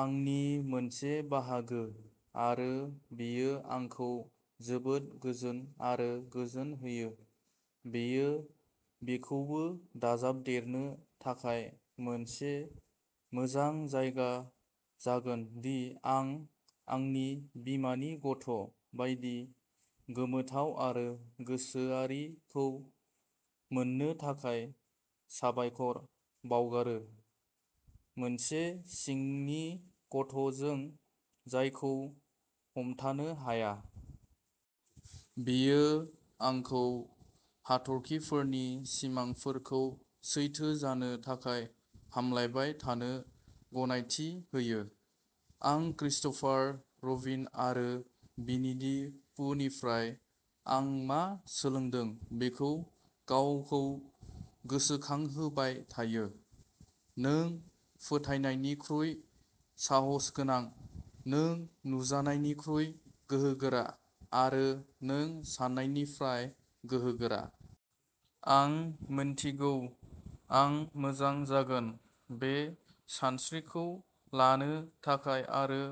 आंनि मोनसे बाहागो, आरो बेयो आंखौ जोबोद गोजोन आरो गोजोन होयो। बेयो बेखौबो दाजाबदेरनो थाखाय मोनसे मोजां जायगा जागोन दि आं आंनि बिमानि गथ' बायदि गोमोथाव आरो गोसोआरिखौ मोननो थाखाय साबायखर बावगारो, मोनसे सिंनि गथ'जों जायखौ हमथानो हाया। बेयो आंखौ हाथरखिफोरनि सिमांफोरखौ सैथो जानो थाखाय हामलायबाय थानो गनायथि होयो। आं क्रिस्ट'फार रबिन आरो भिनि दि पुहनिफ्राय आं मा सोलोंदों बेखौ गावखौ गोसोखांहोबाय थायो नों फोथायनायनिख्रुइ साहसगोनां नों नुजानायनिख्रुइ गोहोगोरा आरो नों सान्नायनिफ्राय गोहोगोरा। आं मिन्थिगौ आं मोजां जागोन। बे सानस्रिखौ लानो थाखाय आरो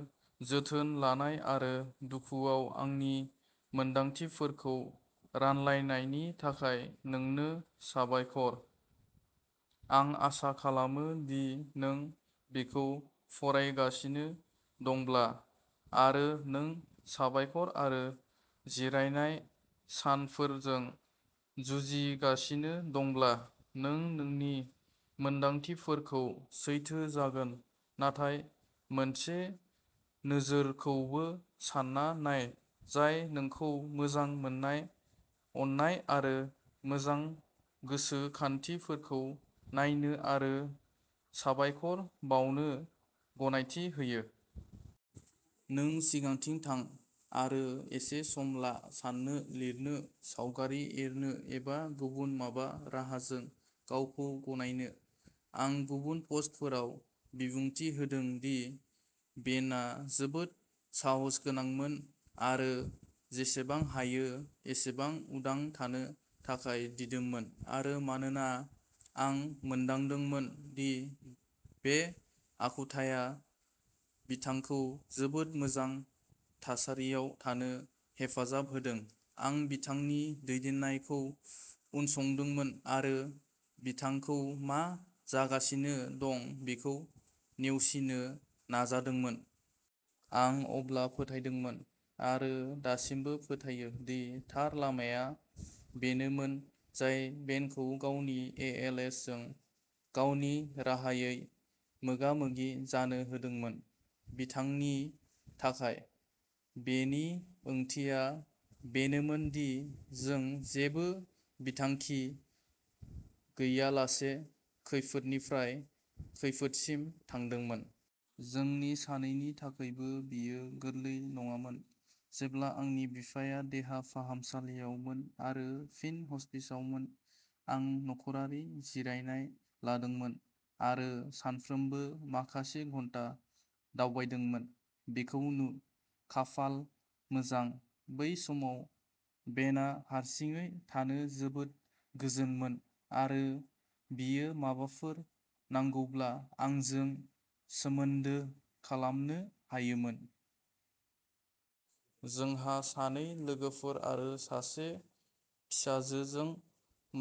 जोथोन लानाय आरो दुखुआव आंनि मोनदांथिफोरखौ रानलायनायनि थाखाय नोंनो साबायखर। आं आसा खालामो दि नों बेखौ फरायगासिनो दंब्ला, आरो नों साबायखर आरो जिरायनाय सानफोरजों जुजिगासिनो दंब्ला, नों नोंनि मोनदांथिफोरखौ सैथो जागोन नाथाय मोनसे नोजोरखौबो सान्ना नाय जाय नोंखौ मोजां मोननाय, अननाय आरो मोजां गोसोखांथिफोरखौ नायनो आरो साबायखर बावनो गनायथि होयो। नों सिगांथिं थां आरो एसे सम ला साननो, लिरनो, सावगारि एरनो एबा गुबुन माबा राहाजों गावखौ गनायनो। आं गुबुन पस्टफोराव बिबुंथि होदों दि बेनआ जोबोद साहसगोनांमोन आरो जेसेबां हायो एसेबां उदां थानो थाखाय दिदोममोन आरो मानोना आं मोनदांदोंमोन दि बे आखुथाया बिथांखौ जोबोद मोजां थासारियाव थानो हेफाजाब होदों, आं बिथांनि दैदेननायखौ उनसंदोंमोन आरो बिथांखौ मा जागासिनो दं बेखौ नेवसिनो नाजादोंमोन। आं अब्ला फोथायदोंमोन आरो दासिमबो फोथायो दि थार लामाया बेनोमोन जाय बेनखौ गावनि एएलएसजों गावनि राहायै मोगा मोगि जानो होदोंमोन। बिथांनि थाखाय बेनि ओंथिया बेनोमोन दि जों जेबो बिथांखि गैयालासे खैफोदनिफ्राय खैफोदसिम थांदोंमोन। जोंनि सानैनि थाखायबो बेयो गोरलै नङामोन। जेब्ला आंनि बिफाया देहा फाहामसालियावमोन आरो फिन हस्पिसआवमोन आं नखरारि जिरायनाय लादोंमोन आरो सानफ्रोमबो माखासे घन्टा दावबायदोंमोन। बिखौ नु खाफाल मोजां बै समाव बेनआ हारसिङै थानो जोबोद गोजोनमोन आरो बियो माबाफोर नांगौब्ला आंजों सोमोन्दो खालामनो हायोमोन। जोंहा सानै लोगोफोर आरो सासे फिसाजोजों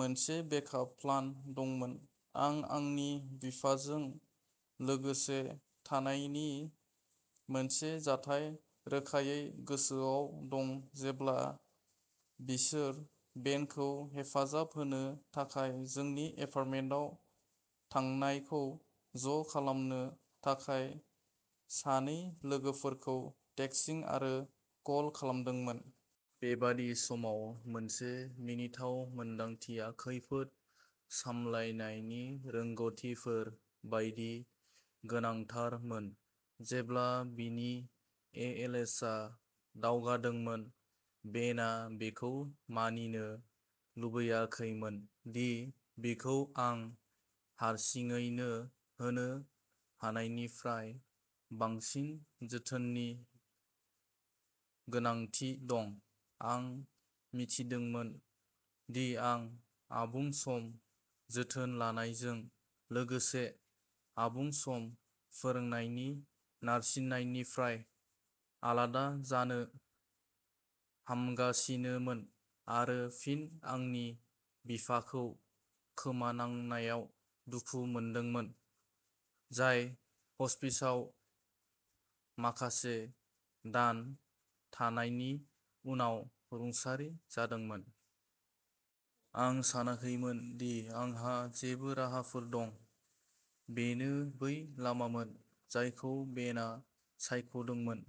मोनसे बेक आप प्लान दंमोन। आं आंनि बिफाजों लोगोसे थानायनि मोनसे जाथाय रोखायै गोसोआव दं जेब्ला बिसोर बेनखौ हेफाजाब होनो थाखाय जोंनि एपार्टमेन्टआव थांनायखौ ज' खालामनो थाखाय सानै लोगोफोरखौ टेक्सिं आरो कल खालामदोंमोन। बेबादि समाव मोनसे मिनिथाव मोन्दांथिया खैफोद सामलायनायनि रोंग'थिफोर बायदि गोनांथारमोन जेब्ला बिनि ए एल एसआ दावगादोंमोन, बेनआ बेखौ मानिनो लुबैयाखैमोन दि बिखौ आं हारसिङैनो होनो हानायनिफ्राय बांसिन जोथोननि गोनांथि दं। आं मिथिदोंमोन दि आं आबुं सम जोथोन लानायजों लोगोसे आबुं सम फोरोंनायनि नारसिननायनिफ्राय आलादा जानो हमगासिनोमोन आरो फिन, आंनि बिफाखौ खोमानांनायाव दुखु मोनदोंमोन, जाय ह'स्पिसआव माखासे दान थानायनि उनाव रुंसारि जादोंमोन। आं सानाखैमोन दि आंहा जेबो राहाफोर दं। बेनो बै लामामोन जायखौ बेनआ सायख'दोंमोन।